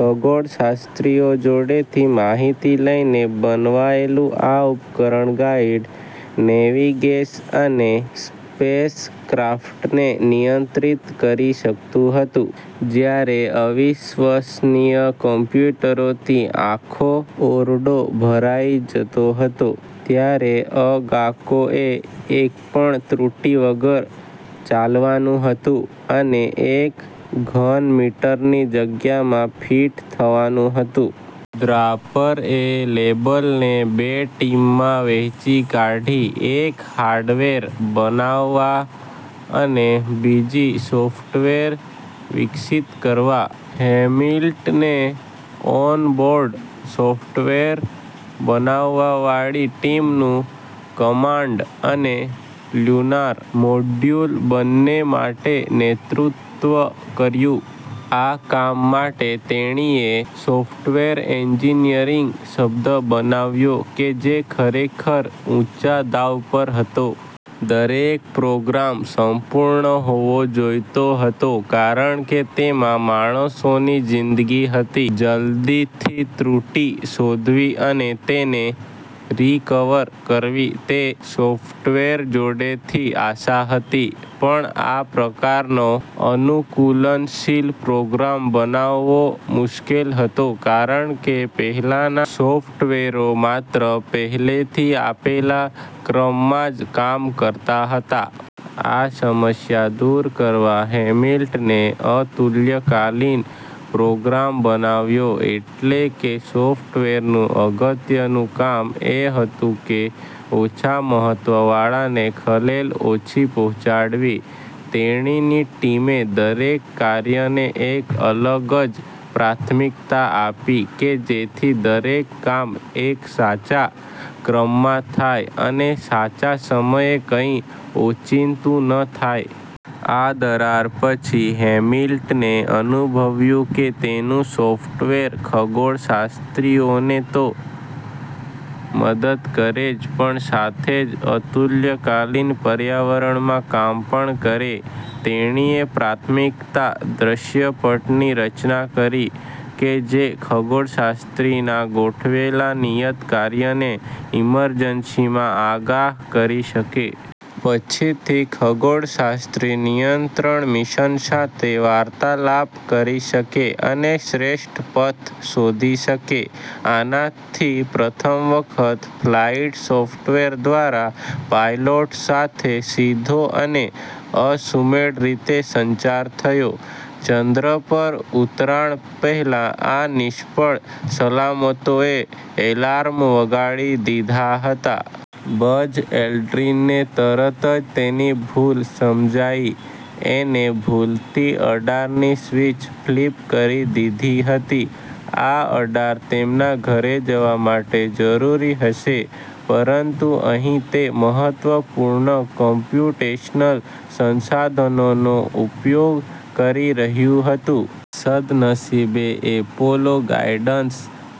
ખગોળશાસ્ત્રીઓ જોડેથી માહિતી લઈને બનવાયેલું આ ઉપકરણ ગાઈડ, નેવિગેશન અને સ્પેસક્રાફ્ટને નિયંત્રિત કરી શકતું હતું. જયારે અવિશ્વસનીય કોમ્યુટરોથી આખો ઓરડો ભરાઈ જતો હતો, ત્યારે અ. ગા. કો. એ એક પણ ત્રુટિ વગર ચાલવાનું હતું અને એક ઘન મીટરની જગ્યામાં ફીટ થવાનું હતું. દ્રાપર એ લેબને બે ટીમમાં વહેંચી કાઢી, એક હાર્ડવેર બનાવવા અને બીજી સોફ્ટવેર વિકસિત કરવા. હેમિલ્ટને ઓન-બોર્ડ સોફ્ટવેર બનાવવાવાળી ટીમનું કમાન્ડ અને લ્યુનાર મોડ્યુલ બંને માટે નેતૃત્વ કર્યું. આ કામ માટે, તેણીએ "સોફ્ટવેર એન્જીનીયરીંગ" શબ્દ બનાવ્યો કે જે ખરેખર ઊંચા દાવ પર હતો. દરેક પ્રોગ્રામ સંપૂર્ણ હોવો જોઈતો હતો કારણ કે તેમાં માણસોની જીંદગી હતી. જલ્દીથી ત્રુટિ શોધવી અને તેને રિકવર કરવી તે સોફ્ટવેર જોડેથી આશા હતી. પણ આ પ્રકારનો અનુકૂલનશીલ પ્રોગ્રામ બનાવવો મુશ્કેલ હતો કારણ કે પહેલાંના સોફ્ટવેરો માત્ર પહેલેથી આપેલા ક્રમમાં જ કામ કરતાં હતાં. આ સમસ્યા દૂર કરવા, હેમિલ્ટને "અતુલ્યકાલિક" પ્રોગ્રામ બનાવ્યો એટલે કે સોફ્ટવેરનું અગત્યનું કામ એ હતું કે ઓછા મહત્વવાળાને ખલેલ ઓછી પહોંચાડવી. તેણીની ટીમે દરેક કાર્યને એક અલગ જ પ્રાથમિકતા આપી કે જેથી દરેક કામ એક સાચા ક્રમમાં થાય અને સાચા સમયે-કઈ ઓચિંતું ન થાય. આ દરાર પછી, હેમિલ્ટને અનુભવ્યું કે તેનું સોફ્ટવેર ખગોળશાસ્ત્રીઓને તો મદદ કરે જ પણ સાથે જ અતુલ્યકાલિક પર્યાવરણમાં કામ પણ કરે. તેણીએ પ્રાથમિકતા દ્રશ્યપટની રચના કરી, કે જે ખગોળશાસ્ત્રીના ગોઠવેલા નિયત કાર્યને ઇમરજન્સીમાં આગાહ કરી શકે. પછી થી ખગોળશાસ્ત્રી નિયંત્રણ મિશન સાથે વાર્તાલાપ કરી શકે અને શ્રેષ્ઠ પથ શોધી શકે. આનાથી પ્રથમ વખત ફ્લાઇટ સોફ્ટવેર દ્વારા પાયલોટ સાથે સીધો અને અસુમેળ રીતે સંચાર થયો. ચંદ્ર પર ઉતરાણ પહેલા આ નિષ્ફળ-સલામતોએ એલાર્મ વગાડી દીધાં હતાં. બઝ એલ્ડ્રીનને તરત જ તેની ભૂલ સમજાઈ એને ભૂલથી રડારની સ્વિચ ફ્લિપ કરી દીધી હતી. આ રડાર તેમના ઘરે જવા માટે જરૂરી હશે, પરંતુ અહીં તે મહત્વપૂર્ણ કોમ્પ્યુટેશનલ સંસાધનોનો ઉપયોગ કરી રહ્યું હતું. સદનસીબે, એપોલો ગાઇડન્સ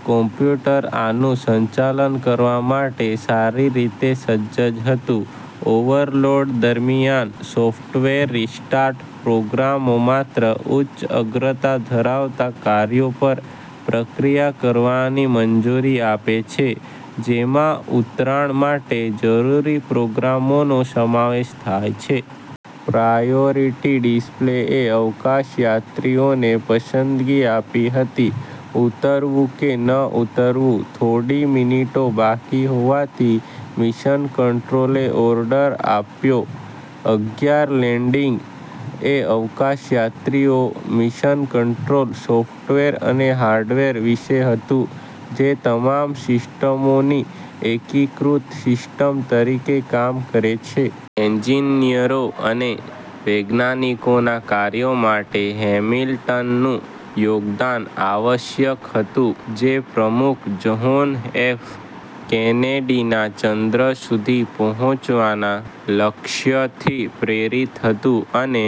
કોમ્પ્યુટર આનું સંચાલન કરવા માટે સારી રીતે સજ્જ હતું. ઓવરલોડ દરમિયાન, સૉફ્ટવેર રિસ્ટાર્ટ પ્રોગ્રામો માત્ર ઉચ્ચ અગ્રતા ધરાવતા કાર્યો પર પ્રક્રિયા કરવાની મંજૂરી આપે છે જેમાં ઉતરાણ માટે જરૂરી પ્રોગ્રામોનો સમાવેશ થાય છે. પ્રાયોરિટી ડિસ્પ્લેએ અવકાશયાત્રીઓને પસંદગી આપી હતી ઉતરવું કે ન ઉતરવું. થોડી મિનિટો બાકી હોવાથી, મિશન કંટ્રોલે ઓર્ડર આપ્યો. અગિયાર. લેન્ડિંગ એ અવકાશયાત્રીઓ, મિશન કંટ્રોલ, સૉફ્ટવેર અને હાર્ડવેર વિશે હતું જે તમામ સિસ્ટમોની એકીકૃત સિસ્ટમ તરીકે કામ કરે છે. એન્જિનિયરો અને વૈજ્ઞાનિકોના કાર્ય માટે હેમિલ્ટનનું યોગદાન આવશ્યક હતું. જે પ્રમુખ જ્હોન એફ. કેનેડીના ચંદ્ર સુધી પહોંચવાના લક્ષ્યથી પ્રેરિત હતું. અને